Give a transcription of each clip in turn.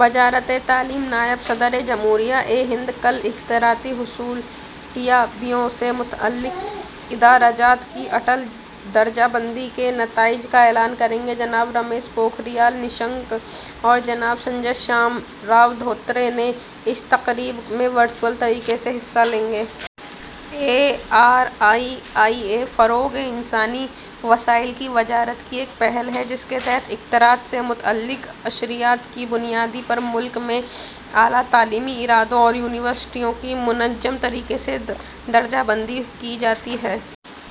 وزارتِ تعلیم نائب صدر جمہوریہ ہند کل اختراعاتی حصولیابیوں سے متعلق ادارہ جات کی اٹل درجہ بندی کے نتائج کا اعلان کریں گے۔ جناب رمیش پوکھریال نشنک اور جناب سنجے شام راؤ دھوترے بھی اس تقریب میں ورچوئل طریقے سے حصہ لیں گے۔ اے آر آئی آئی اے فروغِ انسانی وسائل کی وزارت کی ایک پہل ہے، جس کے تحت اختراعات سے متعلق اشاریہ جات کی بنیاد پر ملک میں اعلیٰ تعلیمی اداروں اور یونیورسٹیوں کی منظم طریقے سے درجہ بندی کی جاتی ہے۔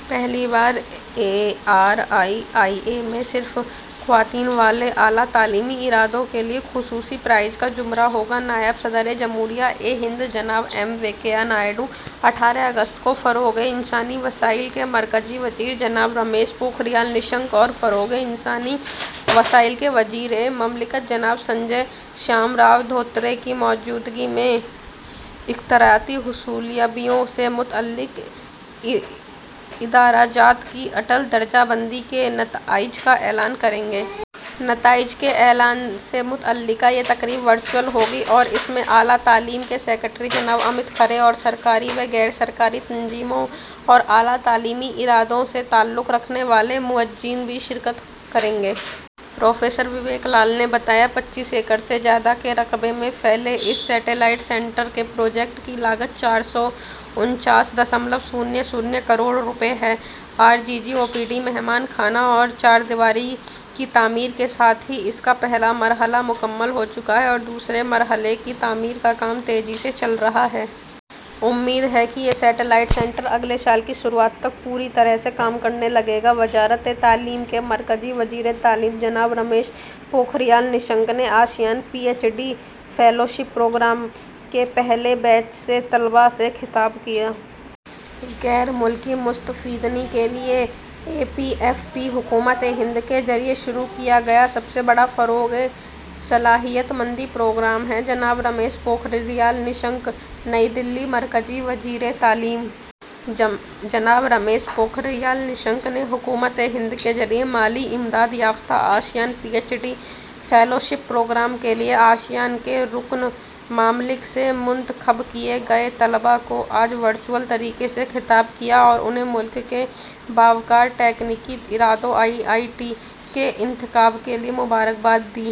پہلی بار اے آر آئی آئی اے میں صرف خواتین والے اعلیٰ تعلیمی اداروں کے لیے خصوصی پرائز کا زمرہ ہوگا۔ نائب صدر جمہوریہ ہند جناب ایم وینکیا نائیڈو اٹھارہ اگست کو فروغِ انسانی وسائل کے مرکزی وزیر جناب رمیش پوکھریال نشنک اور فروغِ انسانی وسائل کے وزیر مملکت جناب سنجے شام راؤ دھوترے کی موجودگی میں اختراعاتی حصولیابیوں سے متعلق ادارہ جات کی اٹل درجہ بندی کے نتائج کا اعلان کریں گے۔ نتائج کے اعلان سے متعلق یہ تقریب ورچوئل ہوگی اور اس میں اعلیٰ تعلیم کے سکریٹری جناب امت کھرے اور سرکاری و غیر سرکاری تنظیموں اور اعلیٰ تعلیمی اداروں سے تعلق رکھنے والے معززین بھی شرکت کریں گے۔ پروفیسر وویک لال نے بتایا، ''پچیس ایکڑ سے زیادہ کے رقبے میں پھیلے اس سیٹلائٹ سنٹر کے پروجیکٹ کی لاگت چار سو انچاس اعشاریہ صفر صفر کروڑ روپے ہے۔ عارضی او پی ڈی، مہمان خانہ اور چہار دیواری کی تعمیر کے ساتھ ہی اس کا پہلا مرحلہ مکمل ہو چکا ہے اور دوسرے مرحلے کی تعمیر کا کام تیزی سے چل رہا ہے۔ امید ہے کہ یہ سیٹلائٹ سنٹر اگلے سال کی شروعات تک پوری طرح سے کام کرنے لگے گا۔'' وزارتِ تعلیم مرکزی وزیر تعلیم جناب رمیش پوکھریال نشنک نے ASEAN P H D fellowship programme کے پہلے بیچ کے طلباء سے خطاب کیا۔ غیر ملکی مستفیدین کے لیے اے پی ایف پی حکومتِ ہند کے ذریعے شروع کیا گیا سب سے بڑا فروغِ صلاحیت مندی پروگرام ہے: جناب رمیش پوکھریال 'نشنک' نئی دہلی: مرکزی وزیر تعلیم جناب رمیش پوکھریال 'نشنک' نے حکومتِ ہند کے ذریعے مالی امداد یافتہ ASEAN P H D fellowship programme کے لیے آسیان کے رکن ممالک سے منتخب کیے گئے طلباء کو آج ورچوئل طریقے سے خطاب کیا اور انھیں ملک کے باوقار تکنیکی اداروں آئی آئی ٹی میں انتخاب کے لیے مبارکباد دی۔